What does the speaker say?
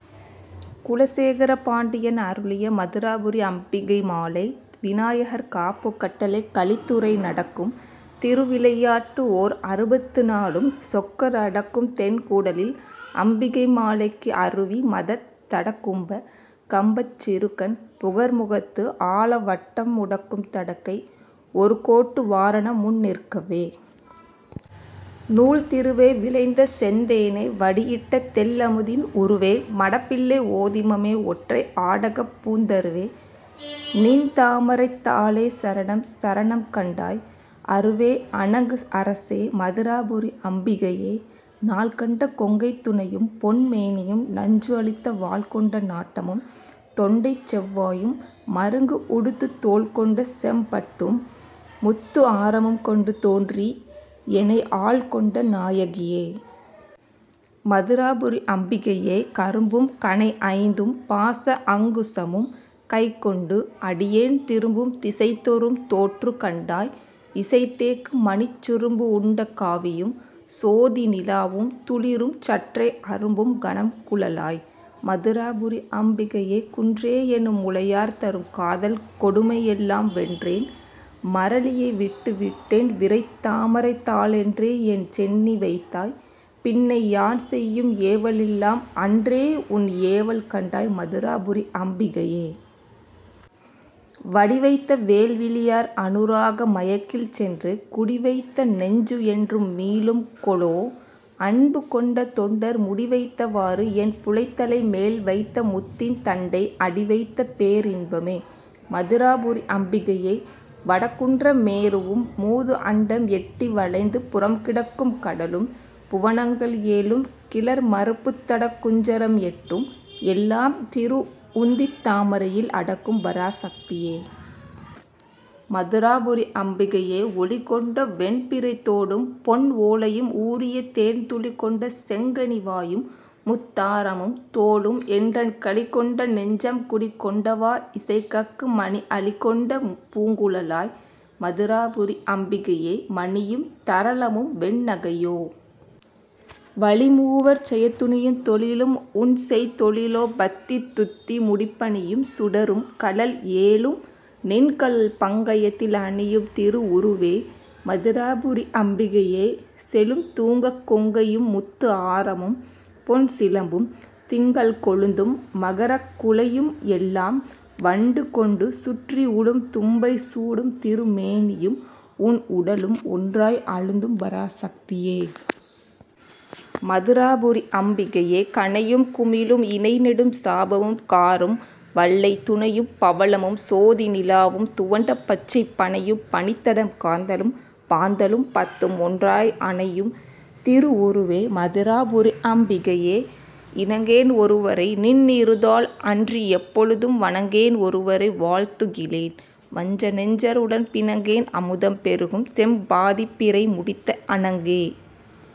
குலசேகர பாண்டியன் அருளிய மதுராபுரி அம்பிகை மாலை விநாயகர் காப்பு கட்டளைக் கலித்துறை நடக்கும் திரு விளையாட்டு ஓர் அறுபத்து நாலும் சொக்கர் அடக்கும் தென் கூடலில் அம்பிகை மாலைக்கு அருவி மதத், தடக் கும்ப, கம்பச், சிறு கண், புகர் முகத்து, ஆல வட்டம் முடக்கும் தடக்கை, ஒரு கோட்டு வாரணம் முன் நிற்கவே. நூல் திருவே! விளைந்த செந்தேனே! வடி இட்ட தெள் அமுதின் உருவே! மடப் பிள்ளை ஓதிமமே! ஒற்றை ஆடகப் பூந் தருவே! நின் தாமரைத் தாளே சரணம், சரணம் கண்டாய், அருவே! அணங்கு அரசே! மதுராபுரி அம்பிகையே!. நாள் கொண்ட கொங்கைத் துணையும், பொன் மேனியும், நஞ்சு அளித்த வாள் கொண்ட நாட்டமும், தொண்டைச் செவ் வாயும், மருங்கு உடுத்துத் தோள் கொண்ட செம் பட்டும், முத்து ஆரமும் கொண்டு தோன்றி எனை ஆள் கொண்ட நாயகியே! மதுராபுரி அம்பிகையே!. கரும்பும், கணை ஐந்தும், பாச அங்குசமும், கைக் கொண்டு அடியேன் திரும்பும் திசை தொறும் தோற்று கண்டாய் இசை தேக்கு மணிச் சுரும்பு உண்ட காவியும், சோதி நிலாவும், துளிரும் சற்றே அரும்பும் கனம் குழலாய்! மதுராபுரி அம்பிகையே!. குன்றே எனும் முலையார் தரும் காதல் கொடுமை எல்லாம் வென்றேன், மறலியை விட்டு விட்டேன், விரைத் தாமரைத் தாள் என்றே என் சென்னி வைத்தாய், பின்னை யான் செய்யும் ஏவல் எல்லாம் அன்றே உன் ஏவல் கண்டாய், மதுராபுரி அம்பிகையே!. வடி வைத்த வேல் விழியார் அநுராக மயக்கில் சென்று குடி வைத்த நெஞ்சு என்று மீளும் கொலோ! அன்பு கொண்ட தொண்டர் முடி வைத்தவாறு, என் புலைத் தலை மேல் வைத்த முத்தின் தண்டை அடி வைத்த பேர் இன்பமே! மதுராபுரி அம்பிகையே!. வடக் குன்ற மேருவும், மூது அண்டம் எட்டி வளைந்து புறம் கிடக்கும் கடலும், புவனங்கள் ஏழும், கிளர் மருப்புத் தடக் குஞ்சரம் எட்டும், எல்லாம் திரு உந்தித் தாமரையில் அடக்கும் பராசக்தியே! மதுராபுரி அம்பிகையே!. ஒளி கொண்ட வெண் பிறைத் தோடும், பொன் ஓலையும், ஊறிய தேன் துளி கொண்ட செங்கனி வாயும், முத்தாரமும், தோளும் என்றன் களி கொண்ட நெஞ்சம் குடி கொண்டவா இசை கக்கு மணி அளி கொண்ட பூங்குழலாய்! மதுராபுரி அம்பிகையே!. மணியும், தரளமும், வெண் நகையோ? வழி மூவர் செயத் துணியும், தொழிலும் உன் செய் தொழிலோ? பத்தித் துத்தி முடிப் பணியும், சுடரும், கடல் ஏழும் நின் கழல் பங்கயத்தில் அணியும் திரு உருவே! மதுராபுரி அம்பிகையே!. செழும் துங்கக் கொங்கையும், முத்து ஆரமும், பொன் சிலம்பும், திங்கள் கொழுந்தும், மகரக் குழையும் எல்லாம், வண்டு கொண்டு சுற்றி உழும் தும்பை சூடும் திரு மேனியும், உன் உடலும் ஒன்றாய் அழுந்தும் பராசக்தியே! மதுராபுரி அம்பிகையே!. கணையும், குமிழும், இணை நெடும் சாபமும், காரும், வள்ளைத் துணையும், பவளமும், சோதி நிலாவும், துவண்ட பச்சைப் பணையும், பனித் தடம் காந்தளும், பாந்தளும் பத்தும் ஒன்றாய் அணையும் திரு உருவே! மதுராபுரி அம்பிகையே!. இணங்கேன் ஒருவரை; நின் இரு தாள் அன்றி எப்பொழுதும் வணங்கேன் ஒருவரை வாழ்த்துகிலேன்; வஞ்ச நெஞ்சர் உடன் பிணங்கேன் அமுதம் பெருகும் செம் பாதிப் பிறை முடித்த அணங்கே!